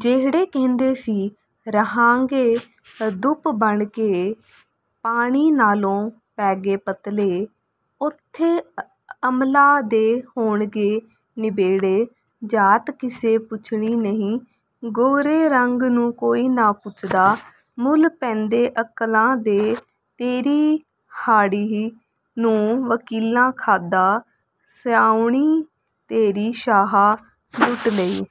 ਜਿਹੜੇ ਕਹਿੰਦੇ ਸੀ ਰਹਾਂਗੇ ਦੁੱਧ ਬਣ ਕੇ, ਪਾਣੀ ਨਾਲੋਂ ਪੈਗੇ ਪਤਲੇ। ਉੱਥੇ ਅਮਲਾਂ ਦੇ ਹੋਣਗੇ ਨਿਬੇੜੇ, ਜਾਤ ਕਿਸੇ ਪੁੱਛਣੀ ਨਹੀਂ। ਗੋਰੇ ਰੰਗ ਨੂੰ ਕੋਈ ਨਾ ਪੁੱਛਦਾ, ਮੁੱਲ ਪੈਂਦੇ ਅਕਲਾਂ ਦੇ। ਤੇਰੀ ਹਾੜ੍ਹੀ ਨੂੰ ਵਕੀਲਾਂ ਖਾਧਾ, ਸਾਉਣੀ ਤੇਰੀ ਸ਼ਾਹਾਂ ਲੁੱਟ ਲਈ।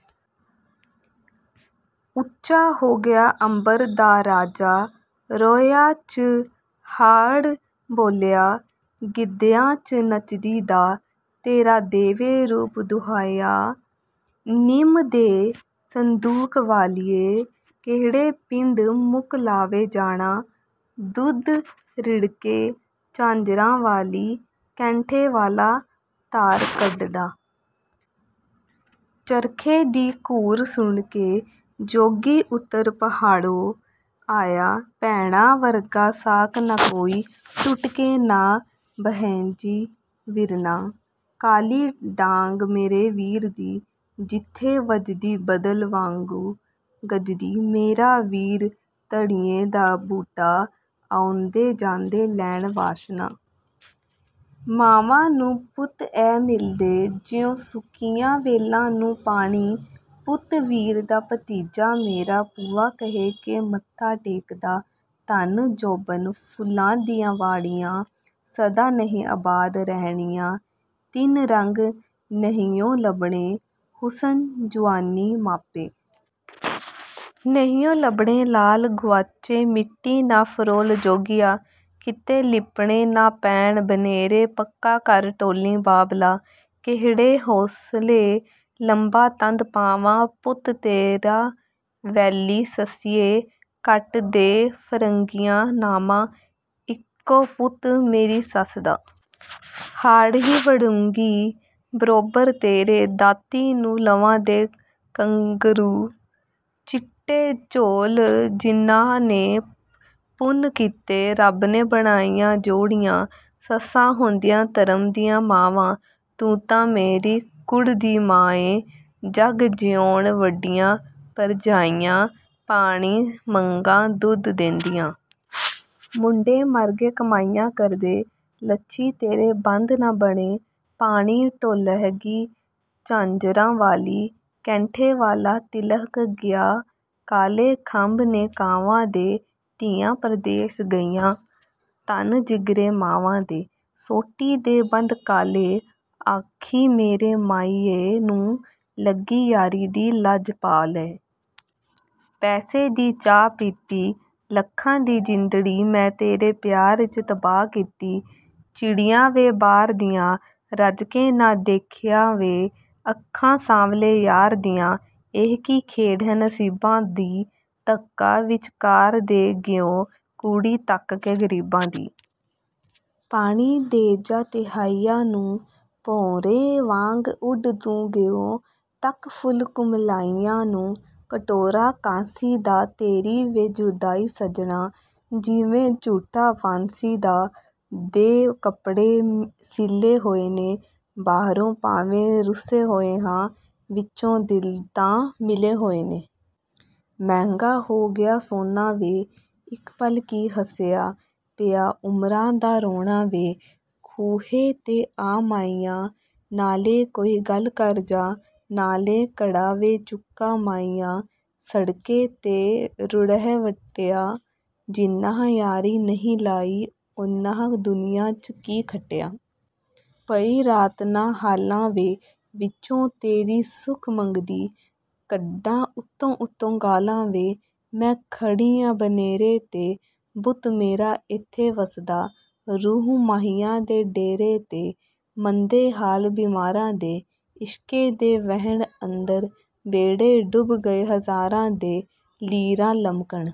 ਉੱਚਾ ਹੋ ਗਿਆ ਅੰਬਰ ਦਾ ਰਾਜਾ, ਰੋਹੀਆਂ 'ਚ ਹਾਅੜ ਬੋਲਿਆ। ਗਿੱਧਿਆਂ 'ਚ ਨੱਚਦੀ ਦਾ, ਤੇਰਾ ਦੇਵੇ ਰੂਪ ਦੁਹਾਈਆਂ। ਨਿੰਮ ਦੇ ਸੰਦੂਖ ਵਾਲੀਏ, ਕਿਹੜੇ ਪਿੰਡ ਮੁਕਲਾਵੇ ਜਾਣਾ? ਦੁੱਧ ਰਿੜਕੇ ਝਾਂਜਰਾਂ ਵਾਲੀ, ਕੈਂਠੇ ਵਾਲਾ ਧਾਰ ਕੱਢਦਾ। ਚਰਖੇ ਦੀ ਘੂਰ ਸੁਣ ਕੇ, ਜੋਗੀ ਉੱਤਰ ਪਹਾੜੋਂ ਆਇਆ। ਭੈਣਾਂ ਵਰਗਾ ਸਾਕ ਨਾ ਕੋਈ, ਟੁੱਟ ਕੇ ਨਾ ਬਹਿਜੀਂ ਵੀਰਨਾ। ਕਾਲੀ ਡਾਂਗ ਮੇਰੇ ਵੀਰ ਦੀ, ਜਿੱਥੇ ਵੱਜਦੀ ਬੱਦਲ ਵਾਂਗੂੰ ਗੱਜਦੀ। ਮੇਰਾ ਵੀਰ ਧਣੀਏ ਦਾ ਬੂਟਾ, ਆਉਂਦੇ ਜਾਂਦੇ ਲੈਣ ਵਾਸ਼ਨਾ। ਮਾਂਵਾਂ ਨੂੰ ਪੁੱਤ ਐਂ ਮਿਲਦੇ, ਜਿਉਂ ਸੁੱਕੀਆਂ ਵੇਲਾਂ ਨੂੰ ਪਾਣੀ। ਪੁੱਤ ਵੀਰ ਦਾ, ਭਤੀਜਾ ਮੇਰਾ, ਭੂਆ ਕਹਿ ਕੇ ਮੱਥਾ ਟੇਕਦਾ। ਧਨ, ਜੋਬਨ, ਫੁੱਲਾਂ ਦੀਆਂ ਵਾੜੀਆਂ, ਸਦਾ ਨਹੀਂ ਅਬਾਦ ਰਹਿਣੀਆਂ। ਤਿੰਨ ਰੰਗ ਨਹੀਂਉਂ ਲੱਭਣੇ ਹੁਸਨ, ਜੁਆਨੀ, ਮਾਪੇ। ਨਹੀਂਉਂ ਲੱਭਣੇ ਲਾਲ ਗੁਆਚੇ, ਮਿੱਟੀ ਨਾ ਫਰੋਲ ਜੋਗੀਆ। ਕਿਤੇ ਲਿੱਪਣੇ ਨਾ ਪੈਣ ਬਨੇਰੇ, ਪੱਕਾ-ਘਰ ਟੋਲੀਂ ਬਾਬਲਾ। ਕਿਹੜੇ ਹੌਸਲੇ ਲੰਬਾ ਤੰਦ ਪਾਵਾਂ, ਪੁੱਤ ਤੇਰਾ ਵੈਲੀ ਸੱਸੀਏ। ਕੱਟ ਦੇ ਫਰੰਗੀਆਂ ਨਾਮਾ, ਇੱਕੋ ਪੁੱਤ ਮੇਰੀ ਸੱਸ ਦਾ। ਹਾੜ੍ਹੀ ਵਢੂੰਗੀ ਬਰੋਬਰ ਤੇਰੇ, ਦਾਤੀ ਨੂੰ ਲਵਾ ਦੇ ਘੁੰਗਰੂ। ਚਿੱਟੇ ਚੌਲ, ਜਿਨ੍ਹਾਂ ਨੇ ਪੁੰਨ ਕੀਤੇ, ਰੱਬ ਨੇ ਬਣਾਈਆਂ ਜੋੜੀਆਂ। ਸੱਸਾਂ ਹੁੰਦੀਆਂ ਧਰਮ ਦੀਆਂ ਮਾਵਾਂ, ਤੂੰ ਤਾਂ ਮੇਰੀ ਕੂੜ ਦੀ ਮਾਂ ਏਂ। ਜੱਗ ਜੀਉਣ ਵੱਡੀਆਂ ਭਰਜਾਈਆਂ, ਪਾਣੀ ਮੰਗਾਂ ਦੁੱਧ ਦੇਂਦੀਆਂ। ਮੁੰਡੇ ਮਰਗੇ ਕਮਾਈਆਂ ਕਰਦੇ, ਲੱਛੀ ਤੇਰੇ ਬੰਦ ਨਾ ਬਣੇ। ਪਾਣੀ ਡੋਲ੍ਹਗੀ ਝਾਂਜਰਾਂ ਵਾਲੀ, ਕੈਂਠੇ ਵਾਲਾ ਤਿਲ੍ਹਕ ਗਿਆ। ਕਾਲੇ ਖੰਭ ਨੇ ਕਾਵਾਂ ਦੇ, ਧੀਆਂ ਪ੍ਰਦੇਸ ਗਈਆਂ, ਧੰਨ ਜਿਗਰੇ ਮਾਵਾਂ ਦੇ। ਸੋਟੀ ਦੇ ਬੰਦ ਕਾਲੇ, ਆਖੀਂ ਮੇਰੇ ਮਾਹੀਏ ਨੂੰ, ਲੱਗੀ ਯਾਰੀ ਦੀ ਲੱਜ ਪਾਲੇ। ਪੈਸੇ ਦੀ ਚਾਹ ਪੀਤੀ, ਲੱਖਾਂ ਦੀ ਜਿੰਦੜੀ ਮੈਂ ਤੇਰੇ ਪਿਆਰ 'ਚ ਤਬਾਹ ਕੀਤੀ। ਚਿੜੀਆਂ ਵੇ ਬਾਰ ਦੀਆਂ, ਰੱਜ ਕੇ ਨਾ ਦੇਖੀਆਂ ਵੇ, ਅੱਖਾਂ ਸਾਂਵਲੇ ਯਾਰ ਦੀਆਂ। ਇਹ ਕੀ ਖੇਡ ਹੈ ਨਸੀਬਾਂ ਦੀ, ਧੱਕਾ ਵਿਚਕਾਰ ਦੇ ਗਿਉਂ, ਕੁੜੀ ਤੱਕ ਕੇ ਗ਼ਰੀਬਾਂ ਦੀ। ਪਾਣੀ ਦੇ ਜਾ ਤਿਹਾਇਆਂ ਨੂੰ, ਭੌਰੇ ਵਾਂਗ ਉੱਡ ਤੂੰ ਗਿਉਂ, ਤੱਕ ਫੁੱਲ ਕੁਮਲਾਇਆਂ ਨੂੰ। ਕਟੋਰਾ ਕਾਂਸੀ ਦਾ, ਤੇਰੀ ਵੇ ਜੁਦਾਈ ਸੱਜਣਾ, ਜਿਵੇਂ ਝੂਟਾ ਫਾਂਸੀ ਦਾ। ਦੋ ਕਪੜੇ ਸਿਲੇ ਹੋਏ ਨੇ, ਬਾਹਰੋਂ ਭਾਵੇਂ ਰੁੱਸੇ ਹੋਏ ਹਾਂ, ਵਿਚੋਂ ਦਿਲ ਤਾਂ ਮਿਲੇ ਹੋਏ ਨੇ। ਮਹਿੰਗਾ ਹੋ ਗਿਆ ਸੋਨਾ ਵੇ, ਇਕ ਪਲ ਕੀ ਹੱਸਿਆ, ਪਿਆ ਉਮਰਾਂ ਦਾ ਰੋਣਾ ਵੇ। ਖੂਹੇ ਤੇ ਆ ਮਾਹੀਆ, ਨਾਲੇ ਕੋਈ ਗੱਲ ਕਰ ਜਾ, ਨਾਲੇ ਘੜਾ ਵੇ ਚੁਕਾ ਮਾਹੀਆ। ਸੜਕੇ ਤੇ ਰੁੜ੍ਹ ਵੱਟਿਆ, ਜਿਨ੍ਹਾਂ ਯਾਰੀ ਨਹੀਂ ਲਾਈ, ਉਨ੍ਹਾਂ ਦੁਨੀਆਂ 'ਚ ਕੀ ਖੱਟਿਆ? ਪਈ ਰਾਤ ਨਾ ਹਾਲਾਂ ਵੇ, ਵਿੱਚੋਂ ਤੇਰੀ ਸੁਖ ਮੰਗਦੀ, ਕੱਢਾਂ ਉਤੋਂ-ਉਤੋਂ ਗਾਲਾਂ ਵੇ। ਮੈਂ ਖੜੀ ਆਂ ਬਨੇਰੇ 'ਤੇ, ਬੁੱਤ ਮੇਰਾ ਏਥੇ ਵਸਦਾ, ਰੂਹ ਮਾਹੀਏ ਦੇ ਡੇਰੇ 'ਤੇ। ਮੰਦੇ ਹਾਲ ਬੀਮਾਰਾਂ ਦੇ, ਇਸ਼ਕੇ ਦੇ ਵਹਿਣ ਅੰਦਰ, ਬੇੜੇ ਡੁੱਬ ਗਏ ਹਜ਼ਾਰਾਂ ਦੇ। ਲੀਰਾਂ ਲਮਕਣ।